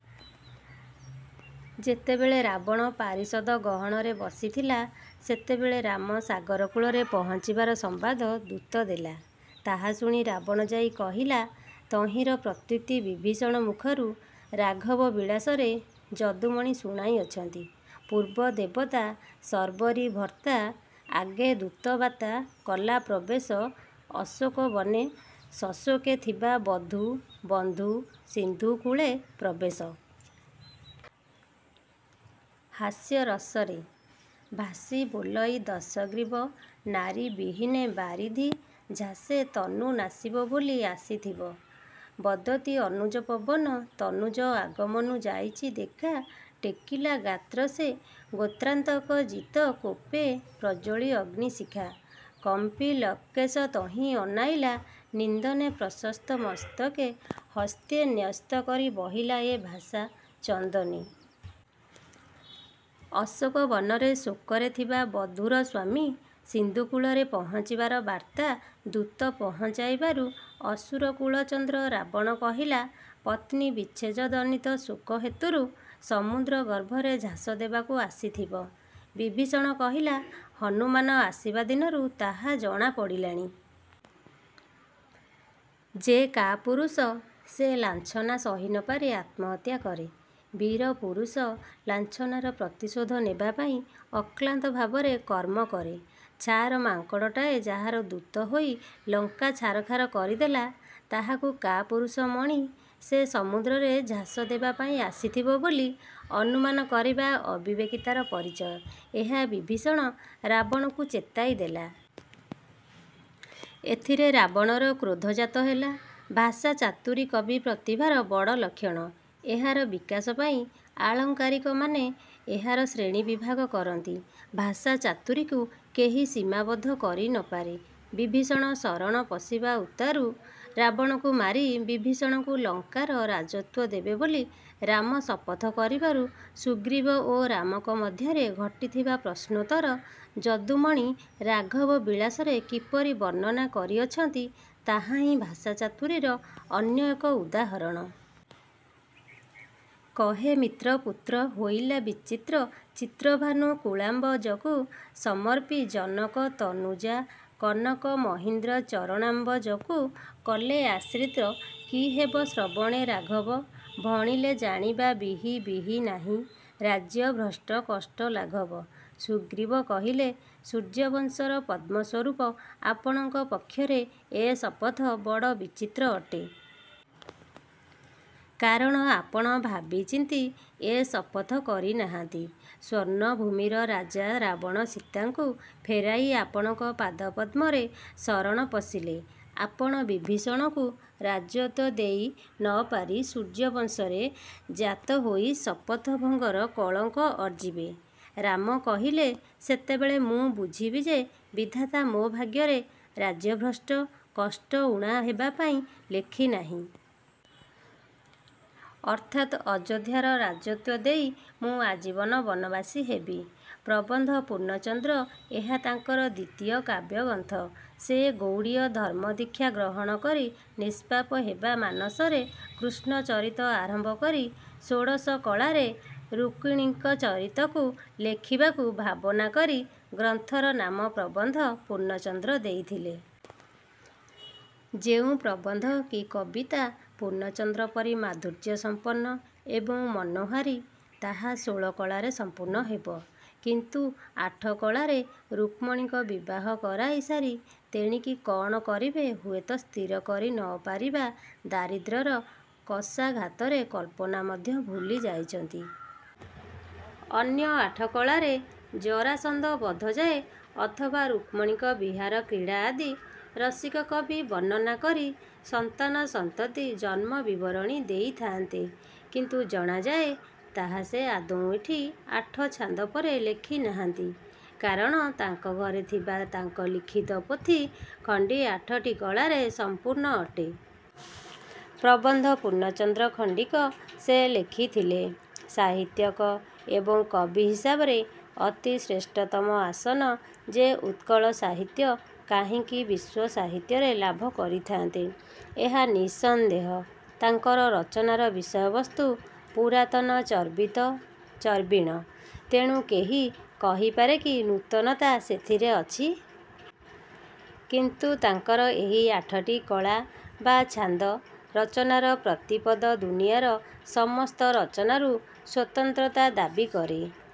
ଯେତେବେଳେ ରାବଣ ପାରିଷଦଗହଣରେ ବସିଥିଲା ସେତେବେଳେ ରାମ ସାଗରକୂଳରେ ପହଞ୍ଚିବାର ସମ୍ବାଦ ଦୂତ ଦେଲା। ତାହା ଶୁଣି ରାବଣ ଯାହା କହିଲା ତହିଁର ପ୍ରତ୍ୟୁକ୍ତି ବିଭୀଷଣ ମୁଖରୁ ''ରାଘବ ବିଳାସ" ରେ ଯଦୁମଣି ଶୁଣାଇଅଛନ୍ତି- ପୂର୍ବ ଦେବତା ଶର୍ବରୀ ଭର୍ତ୍ତା ଆଗେ ଦୂତ ବାତ୍ତା କଲା ପ୍ରବେଶ ଅଶୋକ ବନେ ସଶୋକେ ଥିବା ବଧୂ− ବନ୍ଧୁ ସିନ୍ଧୁ କୂଳେ ପ୍ରବେଶ। ହାସ୍ୟ ରସରେ - ଭାସି ବୋଲଇ ଦଶଗ୍ରୀବ ନାରୀ ବିହୀନେ ବାରିଧି−ଝାସେ ତନୁ ନାଶିବ ବୋଲି ଆସିଥିବ। ବଦତି ଅନୁଜ ପବନ ତନୁଜ ଆଗମନୁ ଯାଇଛି ଦେଖା ଟେକିଲା ଗାତ୍ର ସେ ଗୋତ୍ରାନ୍ତକ ଜିତ କୋପେ ପ୍ରଜ୍ୱଳି ଅଗ୍ନିଶିଖା। କମ୍ପି ଲଙ୍କେଶ ତହି ଅନାଇଲା ନିନ୍ଦନେ ପ୍ରଶସ୍ତ ମସ୍ତକେ ହସ୍ତେ ନ୍ୟସ୍ତ କରି ବିହିଲା ଏ ଭାଷା ଚନ୍ଦନେ। ଅଶୋକ ବନରେ ଶୋକରେ ଥିବା ବଧୂର ସ୍ୱାମୀ ସିନ୍ଧୁକୂଳରେ ପହଞ୍ଚିବାର ବାର୍ତ୍ତା ଦୁତ ପହଞ୍ଚାଇବାରୁ ଅସୁର କୁଳଚନ୍ଦ୍ର ରାବଣ କହିଲା, 'ପତ୍ନୀ ବିଚ୍ଛେଦଜନିତ ଶୋକ ହେତୁରୁ ସମୁଦ୍ର ଗର୍ଭରେ ଝାସ ଦେବାକୁ ଆସିଥିବ। ' ବିଭୀଷଣ କହିଲା ''ହନୁମାନ ଆସିବା ଦିନରୁ ତାହା ଜଣା ପଡ଼ିଲାଣି। " ଯେ କାପୁରୁଷ, ସେ ଲାଞ୍ଛନା ସହି ନ ପାରି ଆତ୍ମହତ୍ୟା କରେ। ବୀର ପୁରୁଷ ଲାଞ୍ଛନାର ପ୍ରତିଶୋଧ ନେବାପାଇଁ ଅକ୍ଲାନ୍ତ ଭାବରେ କର୍ମ କରେ। ଛାର ମାଙ୍କଡ଼ଟାଏ ଯାହାର ଦୂତ ହୋଇ ଲଙ୍କା ଛାରଖାର କରିଦେଲା, ତାହାକୁ କାପୁରୁଷ ମଣି ସେ ସମୁଦ୍ରରେ ଝାସ ଦେବା ପାଇଁ ଆସିଥିବ ବୋଲି ଅନୁମାନ କରିବା ଅବିବେକିତାର ପରିଚୟ-ଏହା ବିଭୀଷଣ ରାବଣକୁ ଚେତାଇ ଦେଲା। ଏଥିରେ ରାବଣର କ୍ରୋଧ ଜାତ ହେଲା। ଭାଷା ଚାତୁରୀ କବି ପ୍ରତିଭାର ବଡ଼ ଲକ୍ଷଣ। ଏହାର ବିକାଶ ପାଇଁ ଆଳଙ୍କାରିକମାନେ ଏହାର ଶ୍ରେଣୀ ବିଭାଗ କରନ୍ତି। ଭାଷା ଚାତୁରୀକୁ କେହି ସୀମାବଦ୍ଧ କରି ନ ପାରେ। ବିଭୀଷଣ ଶରଣ ପଶିବା ଉତ୍ତାରୁ ରାବଣକୁ ମାରି ବିଭୀଷଣକୁ ଲଙ୍କାର ରାଜତ୍ୱ ଦେବେ ବୋଲି ରାମ ଶପଥ କରିବାରୁ ସୁଗ୍ରୀବ ଓ ରାମଙ୍କ ମଧ୍ୟରେ ଘଟିଥିବା ପ୍ରଶ୍ନୋତ୍ତର ଯଦୁମଣି 'ରାଘବ ବିଳାସ'ରେ କିପରି ବର୍ଣ୍ଣନା କରି ଅଛନ୍ତି, ତାହାହିଁ ଭାଷା ଚାତୁରୀର ଅନ୍ୟ ଏକ ଉଦାହରଣ। କହେ ମିତ୍ର ପୁତ୍ର ହୋଇଲା ବିଚିତ୍ର ଚିତ୍ରଭାନୁ କୁଳାମ୍ବ ଜକୁ ସମର୍ପି ଜନକ−ତନୁଜା କନକ− ମହୀନ୍ଦ୍ର ଚରଣାମ୍ବ ଜକୁ କଲେ ଆଶ୍ରିତ କି ହେବ ଶ୍ରବଣେ ରାଘବ, ଭଣିଲେ ଜାଣିବା ବିହି ବିହି ନାହିଁ ରାଜ୍ୟ ଭ୍ରଷ୍ଟ କଷ୍ଟ ଲାଘବ। ସୁଗ୍ରୀବ କହିଲେ- ''ସୂର୍ଯ୍ୟବଂଶର ପଦ୍ମସ୍ୱରୁପ ଆପଣଙ୍କ ପକ୍ଷରେ ଏ ଶପଥ ବଡ଼ ବିଚିତ୍ର ଅଟେ। କାରଣ ଆପଣ ଭାବି ଚିନ୍ତି ଏ ଶପଥ କରିନାହାନ୍ତି। ସ୍ୱର୍ଣ୍ଣଭୂମିର ରାଜା ରାବଣ ସୀତଙ୍କୁ ଫେରାଇ ଆପଣଙ୍କ ପାଦପଦ୍ମରେ ଶରଣ ପଶିଲେ ଆପଣ ବିଭୀଷଣକୁ ରାଜତ୍ୱ ଦେଇ ନ ପାରି ସୂର୍ଯ୍ୟବଂଶରେ ଜାତ ହୋଇ ଶପଥ−ଭଙ୍ଗର କଳଙ୍କ ଅର୍ଜିବେ। "ରାମ କହିଲେ, ''ସେତେବେଳେ ମୁଁ ବୁଝିବି ଯେ, ବିଧାତା ମୋ ଭାଗ୍ୟରେ ରାଜ୍ୟଭ୍ରଷ୍ଟ−କଷ୍ଟ ଊଣା ହେବା ପାଇଁ ଲେଖିନାହିଁ। ଅର୍ଥାତ୍ ଅଯୋଧ୍ୟାର ରାଜତ୍ୱ ଦେଇ ମୁଁ ଆଜୀବନ ବନବାସୀ ହେବି। " ପ୍ରବନ୍ଧ ପୂର୍ଣ୍ଣଚନ୍ଦ୍ର ଏହା ତାଙ୍କର ଦ୍ୱିତୀୟ କାବ୍ୟଗ୍ରନ୍ଥ। ସେ ଗୌଡ଼ୀୟ ଧର୍ମ୍ମଦୀକ୍ଷା ଗ୍ରହଣ କରି ନିଷ୍ପାପ ହେବା ମାନସରେ କୃଷ୍ଣ ଚରିତ ଆରମ୍ଭ କରି ଷୋଡ଼ଶ କଳାରେ ଋକ୍ମିଣୀଙ୍କ ଚରିତକୁ ଲେଖିବାକୁ ଭାବନା କରି ଗ୍ରନ୍ଥର ନାମ ପ୍ରବନ୍ଧ ପୂର୍ଣ୍ଣଚନ୍ଦ୍ର ଦେଇଥିଲେ। ଯେଉଁ ପ୍ରବନ୍ଧ କି କବିତା ପୂର୍ଣ୍ଣଚନ୍ଦ୍ର ପରି ମାଧୁର୍ଯ୍ୟସମ୍ପନ୍ନ ଏବଂ ମନୋହାରୀ, ତାହା ଷୋଳ କଳାରେ ସଂପୂର୍ଣ୍ଣ ହେବ। କିନ୍ତୁ ଆଠ କଳାରେ ରୁକ୍ମଣୀଙ୍କୁ ବିବାହ କରାଇ ସାରି ତେଣିକି କଣ କରିବେ ହୁଏତ ସ୍ଥିର କରି ନ ପାରି ବା ଦାରିଦ୍ର୍ୟର କଷାଘାତରେ କଳ୍ପନା ମଧ୍ୟ ଭୁଲି ଯାଇଛନ୍ତି। ଅନ୍ୟ ଆଠ କଳାରେ ଜରାସନ୍ଧ ବଧଯାଏ ଅଥବା ରୁକ୍ମଣୀଙ୍କ ବିହାର କ୍ରୀଡ଼ା ଆଦି ରସିକ କବି ବର୍ଣ୍ଣନା କରି ସନ୍ତାନସନ୍ତତି ଜନ୍ମ ବିବରଣ ଦେଇଥାନ୍ତେ-। କିନ୍ତୁ ଜଣାଯାଏ ତାହା ସେ ଆଦୌ ଏହି ଆଠ ଛାନ୍ଦ ପରେ ଲେଖି ନାହାନ୍ତି। କାରଣ ତାଙ୍କ ଘରେ ଥିବା ତାଙ୍କ ଲିଖିତ ପୋଥି ଖଣ୍ଡି ଆଠଟି କଳାରେ ସଂପୂର୍ଣ୍ଣ ଅଟେ। ପ୍ରବନ୍ଧ ପୂର୍ଣ୍ଣଚନ୍ଦ୍ର ଖଣ୍ଡିକ ସେ ଲେଖିଥିଲେ, ସାହିତ୍ୟକ ଏବଂ କବି ହିସାବରେ ଅତି ଶ୍ରେଷ୍ଠତମ ଆସନ ଯେ ଉତ୍କଳ ସାହିତ୍ୟ କାହିଁକି ବିଶ୍ୱ ସାହିତ୍ୟରେ ଲାଭ କରିଥାନ୍ତେ, ଏହା ନିଃସନ୍ଦେହ। ତାଙ୍କର ରଚନାର ବିଷୟବସ୍ତୁ ପୁରାତନ ଚର୍ବିତ ଚର୍ବିଣ। ତେଣୁ କେହି କହିପାରେ କି ନୂତନତା ସେଥିରେ ଅଛି? କିନ୍ତୁ ତାଙ୍କର ଏହି ଆଠଟି କଳା ବା ଛାନ୍ଦ ରଚନାର ପ୍ରତିପଦ ଦୁନିଆର ସମସ୍ତ ରଚନାରୁ ସ୍ୱତନ୍ତ୍ରତା ଦାବି କରେ।